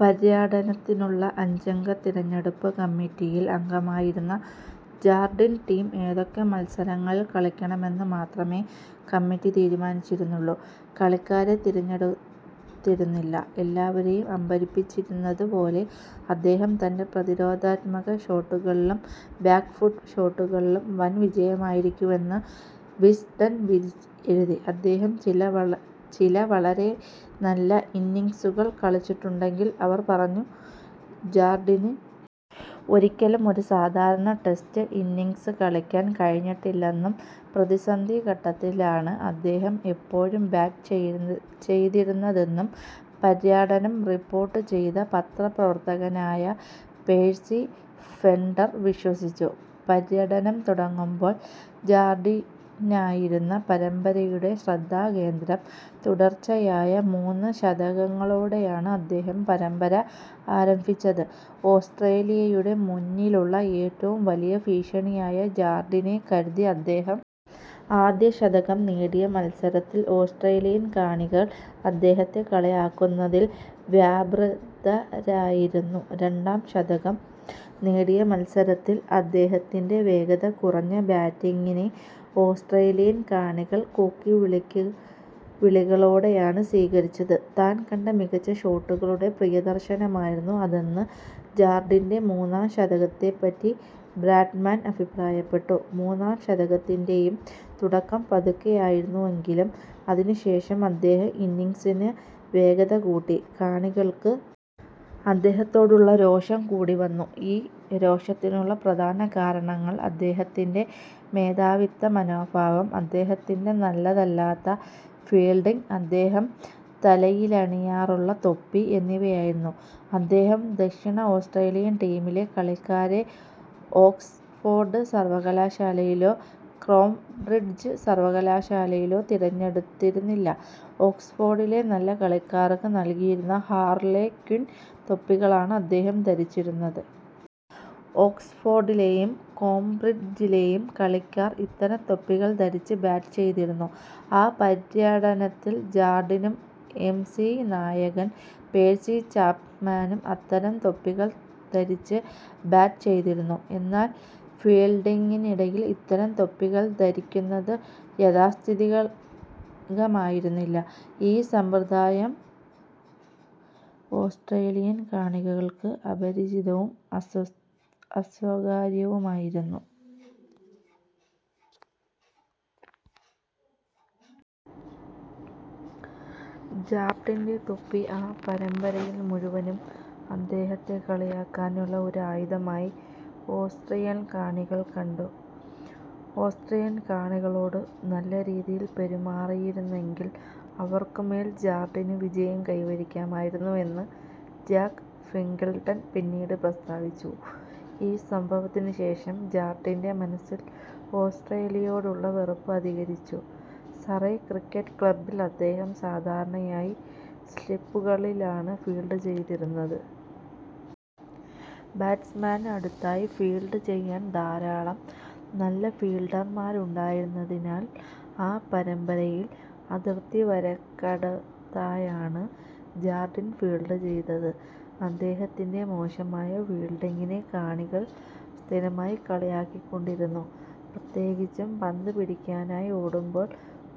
പര്യടനത്തിനുള്ള അഞ്ചംഗ തിരഞ്ഞെടുപ്പ് കമ്മിറ്റിയിൽ അംഗമായിരുന്നു ജാർഡിൻ. ടീം ഏതൊക്കെ മത്സരങ്ങളിൽ കളിക്കണമെന്ന് മാത്രമേ കമ്മിറ്റി തീരുമാനിച്ചിരുന്നുള്ളൂ, കളിക്കാരെ തിരഞ്ഞെടുത്തിരുന്നില്ല. എല്ലാവരേയും അമ്പരപ്പിച്ചിരുന്നതു പോലെ അദ്ദേഹം തൻ്റെ പ്രതിരോധാത്മക ഷോട്ടുകളിലും ബാക്ക് ഫുട്ട് ഷോട്ടുകളിലും വൻവിജയമായിരുന്നുവെന്ന് വിസ്ഡൺ വിധിയെഴുതി. അദ്ദേഹം ചില വളരെ നല്ല ഇന്നിംഗ്സുകൾ കളിച്ചിട്ടുണ്ടെന്നും അവർ പറഞ്ഞു. ജാർഡിന് ഒരിക്കലും ഒരു സാധാരണ ടെസ്റ്റ് ഇന്നിംഗ്സ് കളിക്കാൻ കഴിഞ്ഞിട്ടില്ലെന്നും, പ്രതിസന്ധി ഘട്ടത്തിലാണ് അദ്ദേഹം എപ്പോഴും ബാറ്റ് ചെയ്തിരുന്നതെന്നും, പര്യടനം റിപ്പോർട്ട് ചെയ്ത പത്രപ്രവർത്തകനായ പേഴ്സി ഫെൻഡർ വിശ്വസിച്ചു. പര്യടനം തുടങ്ങുമ്പോൾ ജാർഡിനായിരുന്നു പരമ്പരയുടെ ശ്രദ്ധാകേന്ദ്രം. തുടർച്ചയായ മൂന്ന് ശതകങ്ങളോടെയാണ് അദ്ദേഹം പരമ്പര ആരംഭിച്ചത്. ഓസ്ട്രേലിയയുടെ മുന്നിലുള്ള ഏറ്റവും വലിയ ഭീഷണിയായി ജാർഡിനെ കരുതി. അദ്ദേഹം ആദ്യ ശതകം നേടിയ മത്സരത്തിൽ ഓസ്ട്രേലിയൻ കാണികൾ അദ്ദേഹത്തെ കളിയാക്കുന്നതിൽ വ്യാപൃതരായിരുന്നു. രണ്ടാം ശതകം നേടിയ മത്സരത്തിൽ അദ്ദേഹത്തിൻ്റെ വേഗത കുറഞ്ഞ ബാറ്റിംഗിനെ ഓസ്ട്രേലിയൻ കാണികൾ കൂക്കിവിളികളോടെയാണ് സ്വീകരിച്ചത്. താൻ കണ്ട മികച്ച ഷോട്ടുകളുടെ പ്രദർശനമായിരുന്നു അതെന്ന് ജാർഡിൻ്റെ മൂന്നാം ശതകത്തെപ്പറ്റി ബ്രാഡ്മാൻ അഭിപ്രായപ്പെട്ടു. മൂന്നാം ശതകത്തിൻ്റെ യും തുടക്കം പതുക്കെയായിരുന്നെങ്കിലും, അതിനുശേഷം അദ്ദേഹം ഇന്നിംഗ്സിന് വേഗത കൂട്ടി. കാണികൾക്ക് അദ്ദേഹത്തോടുള്ള രോഷം കൂടി വന്നു. ഈ രോഷത്തിനുള്ള പ്രധാന കാരണങ്ങൾ അദ്ദേഹത്തിൻ്റെ മേധാവിത്വ മനോഭാവം, അദ്ദേഹത്തിൻ്റെ നല്ലതല്ലാത്ത ഫീൽഡിംഗ്, അദ്ദേഹം തലയിലണിയാറുള്ള തൊപ്പി എന്നിവയായിരുന്നു. അദ്ദേഹം ദക്ഷിണ ഓസ്ട്രേലിയൻ ടീമിലെ കളിക്കാരെ ഓക്സ്ഫോർഡ് സർവകലാശാലയിലോ കേംബ്രിഡ്ജ് സർവകലാശാലയിലോ തിരഞ്ഞെടുത്തിരുന്നില്ല. ഓക്സ്ഫോർഡിലെ നല്ല കളിക്കാർക്ക് നൽകിയിരുന്ന ഹാർലെക്വിൻ തൊപ്പികളാണ് അദ്ദേഹം ധരിച്ചിരുന്നത്. ഓക്സ്ഫോർഡിലെയും കേംബ്രിഡ്ജിലെയും കളിക്കാർ ഇത്തരം തൊപ്പികൾ ധരിച്ച് ബാറ്റ് ചെയ്തിരുന്നു.ആ പര്യടനത്തിൽ ജാർഡിനും എം സി സി നായകൻ പേഴ്സി ചാപ്മാനും അത്തരം തൊപ്പികൾ ധരിച്ച് ബാറ്റ് ചെയ്തിരുന്നു. എന്നാൽ ഫീൽഡിംഗിനിടയിൽ ഇത്തരം തൊപ്പികൾ ധരിക്കുന്നത് യാഥാസ്ഥിതികമായിരുന്നില്ല. ഈ സമ്പ്രദായം ഓസ്ട്രേലിയൻ കാണികൾക്ക് അപരിചിതവും അസ്വീകാര്യവുമായിരുന്നു. ജാർഡിൻ്റെ തൊപ്പി ആ പരമ്പരയിൽ മുഴുവനും അദ്ദേഹത്തെ കളിയാക്കാനുള്ള ഒരു ആയുധമായി ഓസ്ട്രേലിയൻ കാണികൾ കണ്ടു. ഓസ്ട്രേലിയൻ കാണികളോട് നല്ല രീതിയിൽ പെരുമാറിയിരുന്നെങ്കിൽ അവർക്കുമേൽ ജാർഡിന് വിജയം കൈവരിക്കാമായിരുന്നുവെന്ന് ജാക്ക് ഫിംഗിൾട്ടൺ പിന്നീട് പ്രസ്താവിച്ചു. ഈ സംഭവത്തിനുശേഷം ജാർഡിൻ്റെ മനസ്സിൽ ഓസ്ട്രേലിയയോടുള്ള വെറുപ്പ് അധികരിച്ചു. സറേ ക്രിക്കറ്റ് ക്ലബ്ബിൽ അദ്ദേഹം സാധാരണയായി സ്ലിപ്പുകളിലാണ് ഫീൽഡ് ചെയ്തിരുന്നത്. ബാറ്റ്സ്മാന് അടുത്തായി ഫീൽഡ് ചെയ്യാൻ ധാരാളം നല്ല ഫീൽഡർമാരുണ്ടായിരുന്നതിനാൽ, ആ പരമ്പരയിൽ അതിർത്തിവരക്കടുത്തായാണ് ജാർഡിൻ ഫീൽഡ് ചെയ്തത്. അദ്ദേഹത്തിൻ്റെ മോശമായ ഫീൽഡിംഗിനെ കാണികൾ സ്ഥിരമായി കളിയാക്കിക്കൊണ്ടിരുന്നു, പ്രത്യേകിച്ചും പന്ത് പിടിക്കാനായി ഓടുമ്പോൾ.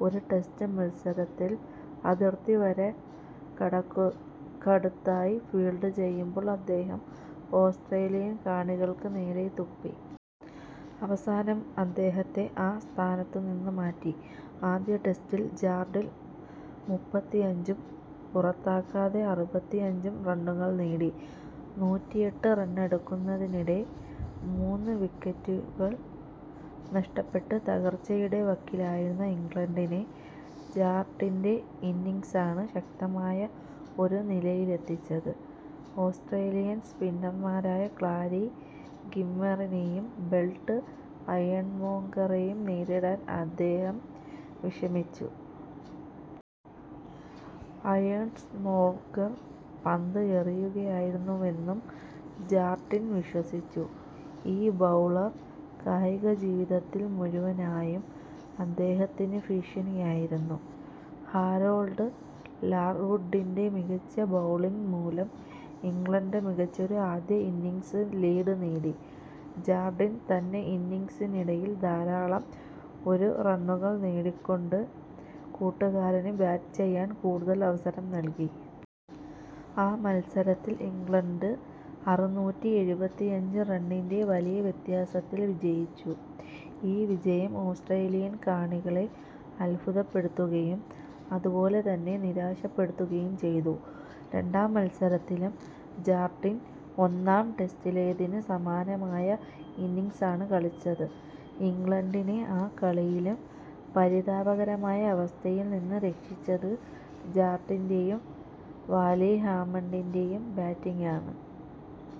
ഒരു ടെസ്റ്റ് മത്സരത്തിൽ അതിർത്തിവരക്കടുത്തായി ഫീൽഡ് ചെയ്യുമ്പോൾ അദ്ദേഹം ഓസ്ട്രേലിയൻ കാണികൾക്ക് നേരെ തുപ്പി. അവസാനം അദ്ദേഹത്തെ ആ സ്ഥാനത്തുനിന്ന് മാറ്റി.ആദ്യ ടെസ്റ്റിൽ ജാർഡിൻ മുപ്പത്തിയഞ്ചും പുറത്താകാതെ അറുപത്തിയഞ്ചും റണ്ണുകൾ നേടി. നൂറ്റിയെട്ട് റണ്ണെടുക്കുന്നതിനിടെ മൂന്ന് വിക്കറ്റുകൾ നഷ്ടപ്പെട്ട് തകർച്ചയുടെ വക്കിലായിരുന്ന ഇംഗ്ലണ്ടിനെ ജാർഡിൻ്റെ ഇന്നിംഗ്സാണ് ശക്തമായ ഒരു നിലയിലെത്തിച്ചത്. ഓസ്ട്രേലിയൻ സ്പിന്നർമാരായ ക്ലാരി ഗ്രിമ്മെറ്റിനെയും ബെർട്ട് അയേൺമോംഗറെയും നേരിടാൻ അദ്ദേഹം വിഷമിച്ചു. അയേൺമോംഗർ പന്ത് എറിയുകയായിരുന്നുവെന്ന് ജാർഡിൻ വിശ്വസിച്ചു. ഈ ബൗളർ കായികജീവിതത്തിൽ മുഴുവനായും അദ്ദേഹത്തിന് ഭീഷണിയായിരുന്നു. ഹാരോൾഡ് ലാർവുഡിൻ്റെ മികച്ച ബൗളിംഗ് മൂലം ഇംഗ്ലണ്ട് മികച്ചൊരു ആദ്യ ഇന്നിംഗ്സ് ലീഡ് നേടി. ജാർഡിൻ തൻ്റെ ഇന്നിംഗ്സിനിടയിൽ ധാരാളം ഒരു റണ്ണുകൾ നേടിക്കൊണ്ട് കൂട്ടുകാരന് ബാറ്റ് ചെയ്യാൻ കൂടുതൽ അവസരം നൽകി. ആ മത്സരത്തിൽ ഇംഗ്ലണ്ട് അറുനൂറ്റി എഴുപത്തിയഞ്ച് റണ്ണിൻ്റെ വലിയ വ്യത്യാസത്തിൽ വിജയിച്ചു. ഈ വിജയം ഓസ്ട്രേലിയൻ കാണികളെ അത്ഭുതപ്പെടുത്തുകയും അതുപോലെ തന്നെ നിരാശപ്പെടുത്തുകയും ചെയ്തു.രണ്ടാം മത്സരത്തിലും ജാർഡിൻ ഒന്നാം ടെസ്റ്റിലേതിനു സമാനമായ ഇന്നിംഗ്സാണ് കളിച്ചത്. ഇംഗ്ലണ്ടിനെ ആ കളിയിലും പരിതാപകരമായ അവസ്ഥയിൽനിന്ന് രക്ഷിച്ചത് ജാർഡിൻ്റെ യും വാലി ഹാമണ്ടിൻ്റെ യും ബാറ്റിംഗാണ്.